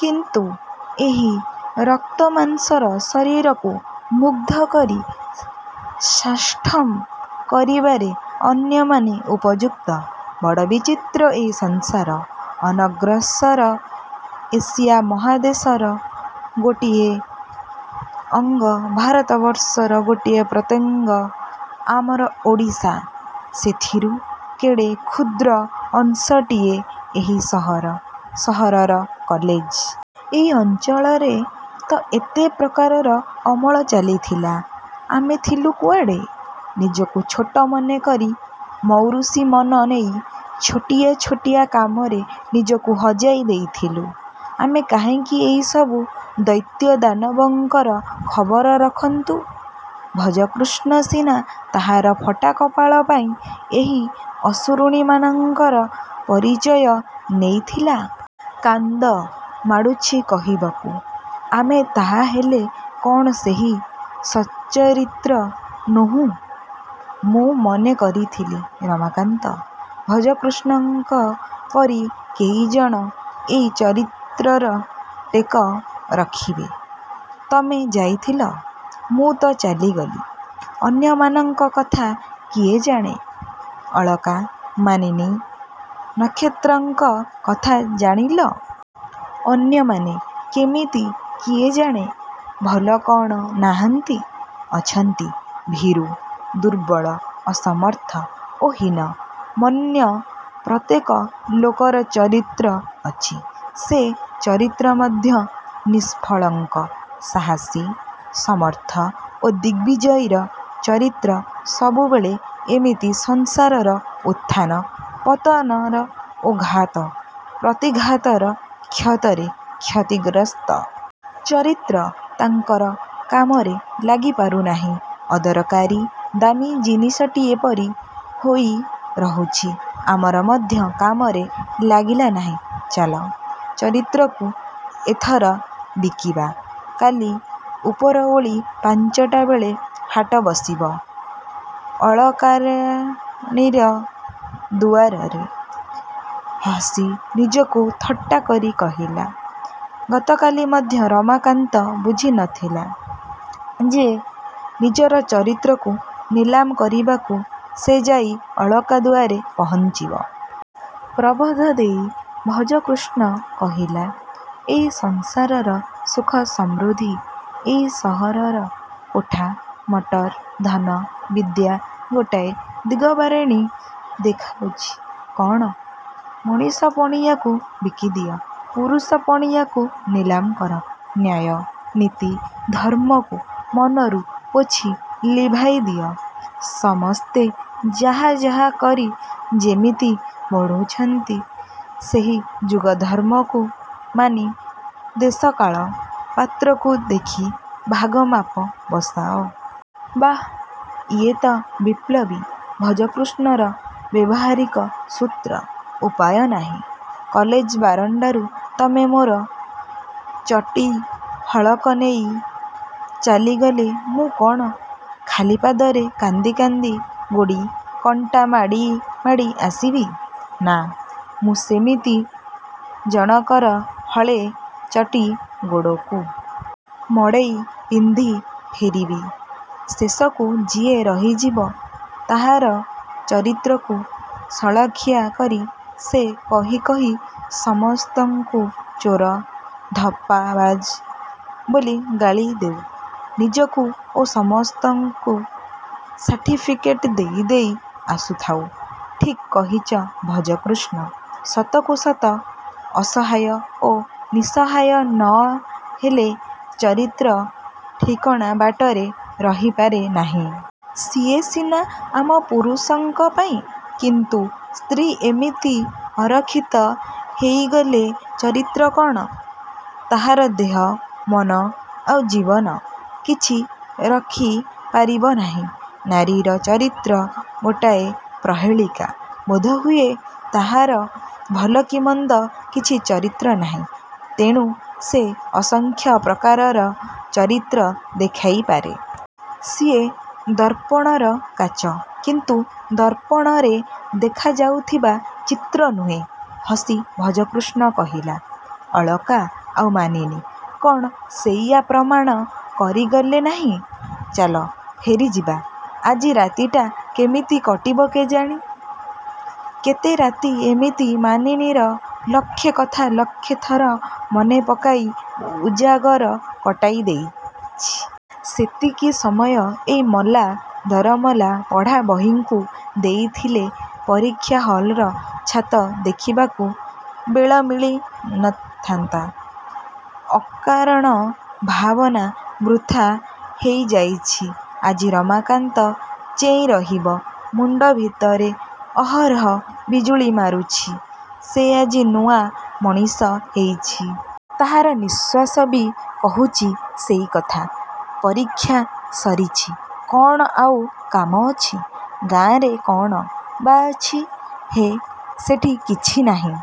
କିନ୍ତୁ ଏହି ରକ୍ତ ମାଂସର ଶରୀରକୁ ମୁଗ୍ଧ କରି ସାଷ୍ଟମ କରିବାରେ ଅନ୍ୟମାନେ ଉପଯୁକ୍ତ। -ବଡ଼ ବିଚିତ୍ର ଏଇ ସଂସାର। ଅନଗ୍ରସର ଏସିଆ ମହାଦେଶର ଗୋଟିଏ ଅଙ୍ଗ ଭାରତ ବର୍ଷର ଗୋଟିଏ ପ୍ରତ୍ୟଙ୍ଗ ଆମର ଓଡ଼ିଶା। ସେଥିରୁ କେଡ଼େ କ୍ଷୁଦ୍ର ଅଂଶଟିଏ ଏହି ସହର-ସହରର କଲେଜ। ଏଇ ଅଞ୍ଚଳରେ ତ ଏତେ ପ୍ରକାରର ଅମଳ ଚାଲିଥିଲା। ଆମେ ଥିଲୁ କୁଆଡ଼େ? -ନିଜକୁ ଛୋଟ ମନେକରି ମୌରୁଷୀ ମନ ନେଇ ଛୋଟିଆ ଛୋଟିଆ କାମରେ ନିଜକୁ ହଜାଇ ଦେଇଥିଲୁ। ଆମେ କାହିଁକି ଏଇ ସବୁ ଦୈତ୍ୟ-ଦାନବଙ୍କର ଖବର ରଖନ୍ତୁ-ଭଜକୃଷ୍ଣ ସିନା ତାହାର ଫଟା କପାଳ ପାଇଁ ଏହି ଅସୁରୁଣୀମାନଙ୍କର ପରିଚୟ ନେଇଥିଲା। -କାନ୍ଦ ମାଡ଼ୁଛି କହିବାକୁ। ଆମେ ତାହାହେଲେ କ'ଣ କେହି ସଚ୍ଚରିତ୍ର ନୋହୁଁ? ମୁଁ ମନେ କରିଥିଲି ରମାକାନ୍ତ, ଭଜକୃଷ୍ଣଙ୍କ ପରି କେଇଜଣ ଏଇ ଚରିତ୍ରର ଟେକ ରଖିବେ-ତମେ ଯାଇଥିଲ। ମୁଁ ତ ଚାଲିଗଲି। ଅନ୍ୟମାନଙ୍କ କଥା କିଏ ଜାଣେ? ଅଳକା, ମାନିନୀ, ନକ୍ଷତ୍ରଙ୍କ କଥା ଜାଣିଲ। ଅନ୍ୟମାନେ କେମିତି କିଏ ଜାଣେ? ଭଲ କ'ଣ ନାହାନ୍ତି? -ଅଛନ୍ତି। ଭୀରୁ, ଦୁର୍ବଳ, ଅସମର୍ଥ ଓ ହୀନ-ମନ୍ୟ ପ୍ରତ୍ୟେକ ଲୋକର ଚରିତ୍ର ଅଛି। ସେ ଚରିତ୍ର ମଧ୍ୟ ନିଷ୍କଳଙ୍କ। ସାହସୀ, ସମର୍ଥ ଓ ଦିଗ୍ବିଜୟୀର ଚରିତ୍ର ସବୁବେଳେ ଏମିତି ସଂସାରର ଉତ୍ଥାନ-ପତନର ଓ ଘାତ-ପ୍ରତିଘାତର କ୍ଷତରେ କ୍ଷତିଗ୍ରସ୍ତ। ଚରିତ୍ର ତାଙ୍କର କାମରେ ଲାଗି ପାରୁନାହିଁ। ଅଦରକାରୀ ଦାମୀ ଜିନିଷଟିଏ ପରି ହୋଇ ରହୁଛି। ଆମର ମଧ୍ୟ କାମରେ ଲାଗିଲା ନାହିଁ। -ଚାଲ, ଚରିତ୍ରକୁ ଏଥର ବିକିବା। କାଲି ଉପରଓଳି ପାଞ୍ଚଟା ବେଳେ ହାଟ ବସିବ ଅଳକାରାଣୀର ଦୁଆରରେ। ହସି ନିଜକୁ ଥଟ୍ଟାକରି କହିଲା-ଗତକାଲି ମଧ୍ୟ ରମାକାନ୍ତ ବୁଝି ନ ଥିଲା ଯେ ନିଜର ଚରିତ୍ରକୁ ନିଲାମ କରିବାକୁ ସେ ଯାଇ ଅଳକା ଦୁଆରେ ପହଞ୍ଚିବ। ପ୍ରବୋଧ ଦେଇ ଭଜକୃଷ୍ଣ କହିଲା-ଏଇ ସଂସାରର ସୁଖ ସମୃଦ୍ଧି-ଏଇ ସହରର କୋଠା, ମଟର, ଧନ, ବିଦ୍ୟା ଗୋଟାଏ ଦିଗବାରିଣି ଦେଖାଉଛି। -କଣ? -ମଣିଷ-ପଣିଆକୁ ବିକିଦିଅ। ପୁରୁଷ-ପଣିଆକୁ ନିଲାମ କର। ନ୍ୟାୟ, ନୀତି, ଧର୍ମ୍ମକୁ ମନରୁ ପୋଛି ଲିଭାଇ ଦିଅ। ସମସ୍ତେ ଯାହା ଯାହା କରି ଯେମିତି ବଢ଼ୁଛନ୍ତି ସେହି ଯୁଗଧର୍ମ୍ମକୁ ମାନି ଦେଶ କାଳ-ପାତ୍ରକୁ ଦେଖି ଭାଗ ମାପ ବସାଅ। -ବାଃ, ଇଏତ ବିପ୍ଳବୀ ଭଜକୃଷ୍ଣର ବ୍ୟବହାରିକ ସୂତ୍ର। -ଉପାୟ ନାହିଁ। କଲେଜ ବାରଣ୍ଡାରୁ ତମେ ମୋର ଚଟି ହଳକ ନେଇ ଚାଲିଗଲେ ମୁଁ କ'ଣ ଖାଲି ପାଦରେ କାନ୍ଦି କାନ୍ଦି ଗୋଡ଼ି, କଣ୍ଟା ମାଡ଼ି ମାଡ଼ି ଆସିବି? -ନା,-ମୁଁ ସେମିତି ଜଣକର ହଳେ ଚଟି ଗୋଡ଼କୁ। ମଡ଼େଇ ପିନ୍ଧି ଫେରିବି? -ଶେଷକୁ ଯିଏ ରହିଯିବ। -ତାହାର ଚରିତ୍ରକୁ ସଳଖିଆ କରି ସେ କହି କହି ସମସ୍ତଙ୍କୁ ଚୋର-ଧପ୍ପାବାଜ ବୋଲି ଗାଳି ଦେଉ, ନିଜକୁ ଓ ସମସ୍ତଙ୍କୁ ସାର୍ଟିଫିକେଟ୍ ଦେଇ ଦେଇ ଆସୁଥାଉ। -ଠିକ୍ କହିଚ ଭଜକୃଷ୍ଣ। ସତକୁ ସତ ଅସହାୟ ଓ ନିସହାୟ ନ ହେଲେ ଚରିତ୍ର ଠିକଣା ବାଟରେ ରହିପାରେ ନାହିଁ। ସିଏ ସିନା ଆମ ପୁରୁଷଙ୍କ ପାଇଁ। କିନ୍ତୁ ସ୍ତ୍ରୀ ଏମିତି ଅରଖିତ ହେଇଗଲେ ଚରିତ୍ର କ'ଣ-ତାହାର ଦେହ, ମନ ଆଉ ଜୀବନ-କିଛି ରଖି ପାରିବ ନାହିଁ। ନାରୀର ଚରିତ୍ର ଗୋଟାଏ ପ୍ରହେଳିକା। -ବୋଧହୁଏ ତାହାର ଭଲ କି ମନ୍ଦ କିଛି ଚରିତ୍ର ନାହିଁ। ତେଣୁ ସେ ଅସଂଖ୍ୟ ପ୍ରକାରର ଚରିତ୍ର ଦେଖାଇ ପାରେ। -ସିଏ ଦର୍ପଣର କାଚ; କିନ୍ତୁ ଦର୍ପଣରେ ଦେଖାଯାଉଥିବା ଚିତ୍ର ନୁହେଁ। ହସି ଭଜକୃଷ୍ଣ କହିଲା। ଅଳକା ଆଉ ମାନିନୀ, କ'ଣ ସେଇଆ ପ୍ରମାଣ କରିଗଲେ ନାହିଁ? -ଚାଲ ଫେରିଯିବା। ଆଜି ରାତିଟା କେମିତି କଟିବ କେଜାଣି? -କେତେ ରାତି ଏମିତି ମାନିନୀର ଲକ୍ଷେ କଥା ଲକ୍ଷେ ଥର ମନେ ପକାଇ ଉଜାଗର କଟାଇ ଦେଇଛି। ସେତିକି ସମୟ ଏଇ ମଲା ଦରମଲା ପଢ଼ା ବହିଙ୍କୁ ଦେଇଥିଲେ ପରୀକ୍ଷା ହଲର ଛାତ ଦେଖିବାକୁ ବେଳ ମିଳି ନ ଥାନ୍ତା। ଅକାରଣ ଭାବନା ବୃଥା ହେଇଯାଇଛି। -ଆଜି ରମାକାନ୍ତ ଚେଇଁ ରହିବ। ମୁଣ୍ଡ ଭିତରେ ଅହରହ ବିଜୁଳି ମାରୁଛି। ସେ ଆଜି ନୂଆ ମଣିଷ ହେଇଛି। ତାହାର ନିଶ୍ୱାସ ବି କହୁଛି ସେଇ କଥା। ପରୀକ୍ଷା ସରିଛି। କ'ଣ ଆଉ କାମ ଅଛି? ଗାଁରେ କ'ଣ ବା ଅଛି? -ହେ, ସେଠି କିଛି ନାହିଁ।